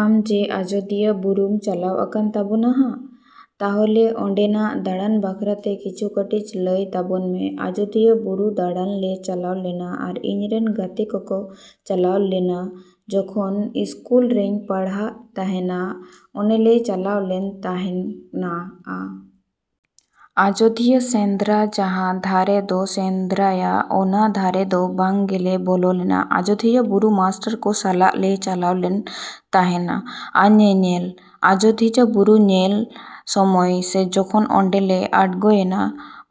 ᱟᱢ ᱡᱮ ᱟᱡᱳᱫᱤᱭᱟᱹ ᱵᱩᱨᱩᱢ ᱪᱟᱞᱟᱣ ᱟᱠᱟᱱ ᱛᱟᱵᱚᱱᱟ, ᱛᱟᱦᱞᱮ ᱚᱸᱰᱮᱱᱟᱜ ᱫᱟᱬᱟᱱ ᱵᱟᱠᱷᱨᱟᱛᱮ ᱠᱤᱪᱷᱩ ᱠᱟᱹᱴᱤᱡ ᱞᱟᱹᱭ ᱟᱛᱟᱵᱚᱱ ᱢᱮ᱾ ᱟᱡᱳᱫᱤᱭᱟᱹ ᱵᱩᱨᱩ ᱫᱟᱬᱟᱱ ᱞᱮ ᱪᱟᱞᱟᱣ ᱞᱮᱱᱟ ᱟᱨ ᱤᱧᱨᱮᱱ ᱜᱟᱛᱮ ᱠᱚᱠᱚ ᱪᱟᱞᱟᱣ ᱞᱮᱱᱟ᱾ ᱡᱚᱠᱷᱚᱱ ᱤᱥᱠᱩᱞ ᱨᱤᱧ ᱯᱟᱲᱦᱟᱜ ᱛᱟᱦᱮᱱᱟ ᱩᱱᱞᱮ ᱪᱟᱞᱟᱣ ᱞᱮᱱ ᱛᱟᱦᱮᱸᱜᱼᱟ᱾ ᱟᱡᱳᱫᱤᱭᱟᱹ ᱥᱮᱸᱫᱽᱨᱟ ᱡᱟᱦᱟᱸ ᱫᱷᱟᱨᱮ ᱠᱚ ᱥᱮᱸᱫᱽᱨᱟᱭᱟ ᱚᱱᱟ ᱫᱷᱟᱨᱮ ᱫᱚ ᱵᱟᱝᱞᱮ ᱵᱚᱞᱚ ᱞᱮᱱᱟ᱾ ᱟᱡᱳᱫᱤᱭᱟᱹ ᱵᱩᱨᱩ ᱢᱟᱥᱴᱟᱨ ᱠᱚ ᱥᱟᱞᱟᱜ ᱞᱮ ᱪᱟᱞᱟᱣ ᱞᱮᱱ ᱛᱟᱦᱮᱸᱜᱼᱟ ᱧᱮᱧᱮᱞ᱾ ᱟᱡᱳᱫᱤᱭᱟᱹ ᱵᱩᱨᱩ ᱧᱮᱞ ᱥᱚᱢᱚᱭ ᱥᱮ ᱡᱚᱠᱷᱚᱱ ᱚᱸᱰᱮᱞᱮ ᱟᱬᱜᱳᱭᱮᱱᱟ,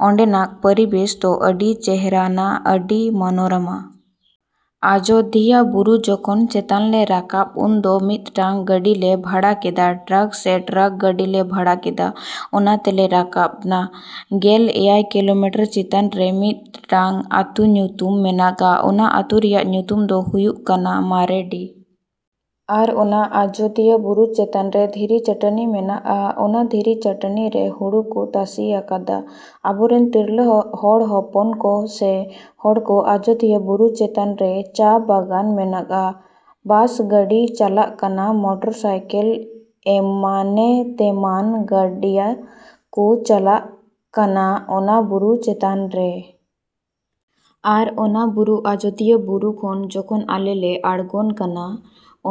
ᱚᱸᱰᱮᱱᱟᱜ ᱯᱚᱨᱤᱵᱮᱥ ᱫᱚ ᱟᱹᱰᱤ ᱪᱮᱦᱨᱟᱱᱟ, ᱟᱹᱰᱤ ᱢᱚᱱᱳᱨᱚᱢᱟ᱾ ᱟᱡᱳᱫᱤᱭᱟᱹ ᱵᱩᱨᱩ ᱡᱚᱠᱷᱚᱱ ᱪᱮᱛᱟᱱᱞᱮ ᱨᱟᱠᱟᱵᱟ ᱩᱱᱫᱚ ᱢᱤᱫᱴᱟᱱ ᱜᱟᱹᱰᱤᱞᱮ ᱵᱷᱟᱲᱟ ᱠᱮᱫᱟ, ᱴᱨᱟᱠ ᱥᱮ ᱴᱨᱟᱠ ᱜᱟᱹᱰᱤᱞᱮ ᱵᱷᱟᱲᱟ ᱠᱮᱫᱟ᱾ ᱚᱱᱟ ᱛᱮᱞᱮ ᱨᱟᱠᱟᱵᱱᱟ᱾ ᱜᱮᱞ ᱮᱭᱟᱭ ᱠᱤᱞᱳᱢᱤᱴᱟᱨ ᱪᱮᱛᱟᱱᱨᱮ ᱢᱤᱫᱴᱟᱱ ᱟᱛᱳ ᱧᱩᱛᱩᱢ ᱢᱮᱱᱟᱜᱼᱟ, ᱚᱱᱟ ᱟᱛᱳ ᱨᱮᱭᱟᱜ ᱧᱩᱛᱩᱢ ᱫᱚ ᱦᱩᱭᱩᱜ ᱠᱟᱱᱟ ᱢᱟᱨᱮᱰᱤ᱾ ᱟᱨ ᱚᱱᱟ ᱟᱡᱳᱫᱤᱭᱟᱹ ᱵᱩᱨᱩ ᱪᱮᱛᱟᱱᱨᱮ ᱫᱷᱤᱨᱤ ᱪᱟᱹᱴᱟᱹᱱᱤ ᱢᱮᱱᱟᱜᱼᱟ᱾ ᱚᱱᱟ ᱫᱷᱤᱨᱤ ᱪᱟᱹᱴᱟᱹᱱᱤᱨᱮ ᱦᱩᱲᱩ ᱠᱚ ᱛᱟᱥᱮ ᱟᱠᱟᱫᱟ ᱟᱵᱚ ᱨᱮᱱ ᱛᱤᱨᱞᱟᱹ ᱦᱚᱲ ᱦᱚᱯᱚᱱ ᱠᱚ ᱥᱮ ᱦᱚᱲᱠᱚ᱾ ᱟᱡᱳᱫᱤᱭᱟᱹ ᱵᱩᱨᱩ ᱪᱮᱛᱟᱱ ᱨᱮ ᱪᱟ ᱵᱟᱜᱟᱱ ᱢᱮᱱᱟᱜᱼᱟ᱾ ᱵᱟᱥ ᱜᱟᱹᱰᱤ ᱪᱟᱞᱟᱜ ᱠᱟᱱᱟ, ᱢᱳᱴᱚᱨ ᱥᱟᱭᱠᱮᱞ ᱮᱢᱟᱱ ᱛᱮᱢᱟᱱ ᱜᱟᱹᱲᱤ ᱠᱚ ᱪᱟᱞᱟᱜ ᱠᱟᱱᱟ ᱚᱱᱟ ᱵᱩᱨᱩ ᱪᱮᱛᱟᱱ ᱨᱮ᱾ ᱟᱨ ᱚᱱᱟ ᱵᱩᱨᱩ ᱟᱡᱳᱫᱤᱭᱟᱹ ᱵᱩᱨᱩ ᱠᱷᱚᱱ ᱡᱮᱠᱷᱚᱱ ᱟᱞᱮ ᱞᱮ ᱟᱬᱜᱚᱱ ᱠᱟᱱᱟ,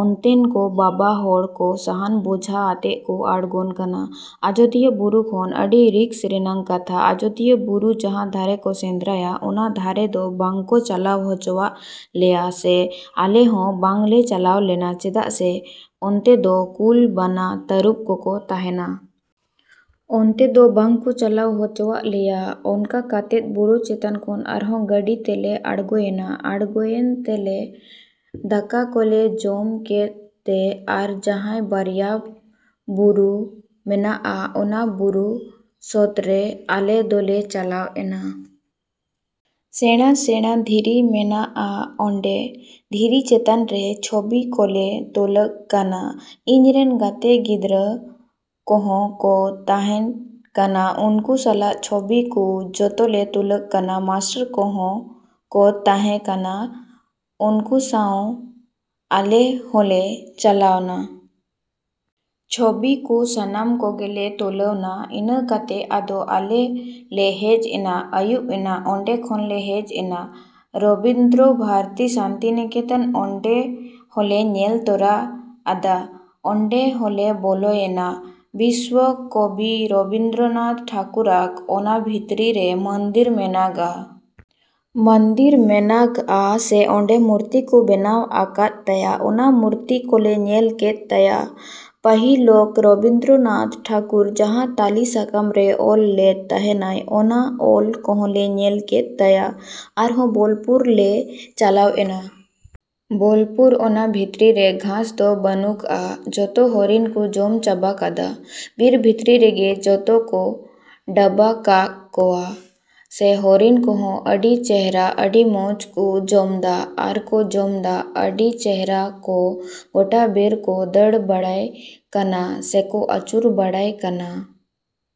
ᱚᱱᱛᱮᱱ ᱠᱚ ᱵᱟᱵᱟ ᱦᱚᱲ ᱠᱚ ᱥᱟᱦᱟᱱ ᱵᱚᱡᱷᱟ ᱟᱛᱮᱜ ᱠᱚ ᱟᱬᱜᱚᱱ ᱠᱟᱱᱟ ᱟᱡᱳᱫᱤᱭᱳ ᱵᱩᱨᱩ ᱠᱷᱚᱱ᱾ ᱟᱹᱰᱤ ᱨᱤᱠᱥ ᱨᱮᱱᱟᱜ ᱠᱟᱛᱷᱟ᱾ ᱟᱡᱳᱫᱤᱭᱟᱹ ᱵᱩᱨᱩ ᱡᱟᱦᱟᱸ ᱫᱷᱟᱨᱮ ᱠᱚ ᱥᱮᱸᱫᱽᱨᱟᱭᱟ ᱚᱱᱟ ᱫᱷᱟᱨᱮ ᱫᱚ ᱵᱟᱝᱠᱚ ᱪᱟᱞᱟᱣ ᱦᱚᱪᱚᱣᱟᱜ ᱞᱮᱭᱟ ᱥᱮ ᱟᱞᱮ ᱦᱚᱸᱞᱮ ᱵᱟᱝᱞᱮ ᱪᱟᱞᱟᱣ ᱞᱮᱱᱟ ᱪᱮᱫᱟᱜ ᱥᱮ ᱚᱱᱛᱮ ᱫᱚ ᱠᱩᱞ, ᱵᱟᱱᱟ, ᱛᱟᱹᱨᱩᱵ ᱠᱚᱠᱚ ᱛᱟᱦᱮᱱᱟ᱾ ᱚᱱᱛᱮ ᱫᱚ ᱵᱟᱝᱠᱚ ᱪᱟᱞᱟᱣ ᱦᱚᱪᱚᱣᱟᱜ ᱞᱮᱭᱟ᱾ ᱚᱱᱠᱟ ᱠᱟᱛᱮᱜ ᱵᱩᱨᱩ ᱪᱮᱛᱟᱱ ᱠᱷᱚᱱ ᱟᱨᱦᱚᱸ ᱜᱟᱹᱰᱤ ᱛᱮᱞᱮ ᱟᱬᱜᱳᱭᱮᱱᱟ᱾ ᱟᱬᱜᱚᱭᱮᱱ ᱛᱮᱞᱮ ᱫᱟᱠᱟ ᱠᱚᱞᱮ ᱡᱚᱢ ᱠᱮᱫ ᱛᱮ ᱟᱨ ᱡᱟᱦᱟᱸ ᱵᱟᱨᱭᱟ ᱵᱩᱨᱩ ᱢᱮᱱᱟᱜᱼᱟ ᱚᱱᱟ ᱵᱩᱨᱩ ᱥᱳᱛᱨᱮ ᱟᱞᱮ ᱫᱚᱞᱮ ᱪᱟᱞᱟᱣ ᱮᱱᱟ᱾ ᱥᱮᱬᱟ ᱥᱮᱬᱟ ᱫᱷᱤᱨᱤ ᱢᱮᱱᱟᱼᱟ ᱚᱸᱰᱮ᱾ ᱫᱷᱤᱨᱤ ᱪᱮᱛᱟᱱ ᱨᱮ ᱪᱷᱚᱵᱤ ᱠᱚᱞᱮ ᱛᱩᱞᱟᱹᱜ ᱠᱟᱱᱟ᱾ ᱤᱧ ᱨᱮᱱ ᱜᱟᱛᱮ ᱜᱤᱫᱽᱨᱟᱹ ᱠᱚᱦᱚᱸ ᱠᱚ ᱛᱟᱦᱮᱸ ᱠᱟᱱᱟ᱾ ᱩᱱᱠᱩ ᱥᱟᱞᱟᱜ ᱪᱷᱚᱵᱤ ᱠᱚ ᱡᱚᱛᱚᱞᱮ ᱛᱩᱞᱟᱹᱜ ᱠᱟᱱᱟ᱾ ᱢᱟᱥᱴᱟᱨ ᱠᱚᱦᱚᱸ ᱠᱚ ᱛᱟᱦᱮᱸ ᱠᱟᱱᱟ ᱩᱱᱠᱩ ᱥᱟᱶ ᱟᱞᱮ ᱦᱚᱸᱞᱮ ᱪᱟᱞᱟᱣᱱᱟ᱾ ᱪᱷᱚᱵᱤ ᱠᱚ ᱥᱟᱱᱟᱢ ᱠᱚᱜᱮᱞᱮ ᱛᱩᱞᱟᱹᱣᱱᱟ᱾ ᱤᱱᱟᱹ ᱠᱟᱛᱮᱜ ᱟᱫᱚ ᱟᱞᱮ ᱞᱮ ᱦᱮᱡ ᱮᱱᱟ᱾ ᱟᱹᱭᱩᱵ ᱮᱱᱟ ᱚᱸᱰᱮ ᱠᱷᱚᱱᱞᱮ ᱦᱮᱡ ᱮᱱᱟ᱾ ᱨᱚᱵᱤᱱᱫᱨᱚ ᱵᱷᱟᱨᱛᱤ ᱥᱟᱱᱛᱤᱱᱤᱠᱮᱛᱚᱱ ᱚᱸᱰᱮ ᱦᱚᱸᱞᱮ ᱧᱮᱞ ᱛᱚᱨᱟ ᱟᱫᱟ᱾ ᱚᱸᱰᱮ ᱦᱚᱸᱞᱮ ᱵᱚᱞᱚᱭᱮᱱᱟ᱾ ᱵᱤᱥᱥᱚ ᱠᱚᱵᱤ ᱨᱚᱵᱤᱱᱫᱨᱚᱱᱟᱛᱷ ᱴᱷᱟᱹᱠᱩᱨᱟᱜ ᱚᱱᱟ ᱵᱷᱤᱛᱨᱤ ᱨᱮ ᱢᱚᱱᱫᱤᱨ ᱢᱮᱱᱟᱜᱟ᱾ ᱢᱚᱱᱫᱤᱨ ᱢᱮᱱᱟᱜᱟ ᱥᱮ ᱚᱸᱰᱮ ᱢᱩᱨᱛᱤ ᱠᱚ ᱵᱮᱱᱟᱣ ᱟᱠᱟᱫ ᱛᱟᱭᱟ᱾ ᱚᱱᱟ ᱢᱩᱨᱛᱤ ᱠᱚᱞᱮ ᱧᱮᱞ ᱠᱮᱫ ᱛᱟᱭᱟ᱾ ᱯᱟᱹᱦᱤᱞᱚᱜ ᱨᱚᱵᱤᱱᱫᱨᱚᱱᱟᱛᱷ ᱴᱷᱟᱹᱠᱩᱨ ᱡᱟᱦᱟᱸ ᱛᱟᱞᱤ ᱥᱟᱠᱟᱢ ᱨᱮ ᱚᱞ ᱞᱮᱫ ᱛᱟᱦᱮᱸᱱᱟᱭ ᱚᱱᱟ ᱚᱞ ᱠᱚᱦᱚᱸᱞᱮ ᱧᱮᱞ ᱠᱮᱫ ᱛᱟᱭᱟ᱾ ᱟᱨᱦᱚᱸ ᱵᱳᱞᱯᱩᱨ ᱞᱮ ᱪᱟᱞᱟᱣᱮᱱᱟ᱾ ᱵᱳᱞᱯᱩᱨ ᱚᱱᱟ ᱵᱷᱤᱛᱨᱤ ᱨᱮ ᱜᱷᱟᱥ ᱫᱚ ᱵᱟᱹᱱᱩᱜᱟ ᱡᱚᱛᱚ ᱦᱚᱨᱤᱱ ᱠᱚ ᱡᱚᱢ ᱪᱟᱵᱟ ᱠᱟᱫᱟ᱾ ᱵᱤᱨ ᱵᱷᱤᱛᱨᱤ ᱨᱮᱜᱮ ᱠᱚ ᱰᱟᱵᱟ ᱠᱟᱜ ᱠᱚᱣᱟ ᱥᱮ ᱦᱚᱨᱤᱱ ᱠᱚᱦᱚ ᱟᱹᱰᱤ ᱪᱮᱦᱨᱟ ᱟᱹᱰᱤ ᱢᱚᱡᱽ ᱠᱚ ᱡᱚᱢᱫᱟ ᱟᱨᱠᱚᱸ ᱡᱚᱢᱫᱟ᱾ ᱟᱹᱰᱤ ᱪᱮᱦᱨᱟ ᱠᱚ ᱜᱳᱴᱟ ᱵᱤᱨ ᱠᱚ ᱫᱟᱹᱲ ᱵᱟᱲᱟᱭ ᱠᱟᱱᱟ ᱥᱮᱠᱚ ᱟᱹᱪᱩᱨ ᱵᱟᱲᱟᱭ ᱠᱟᱱᱟ᱾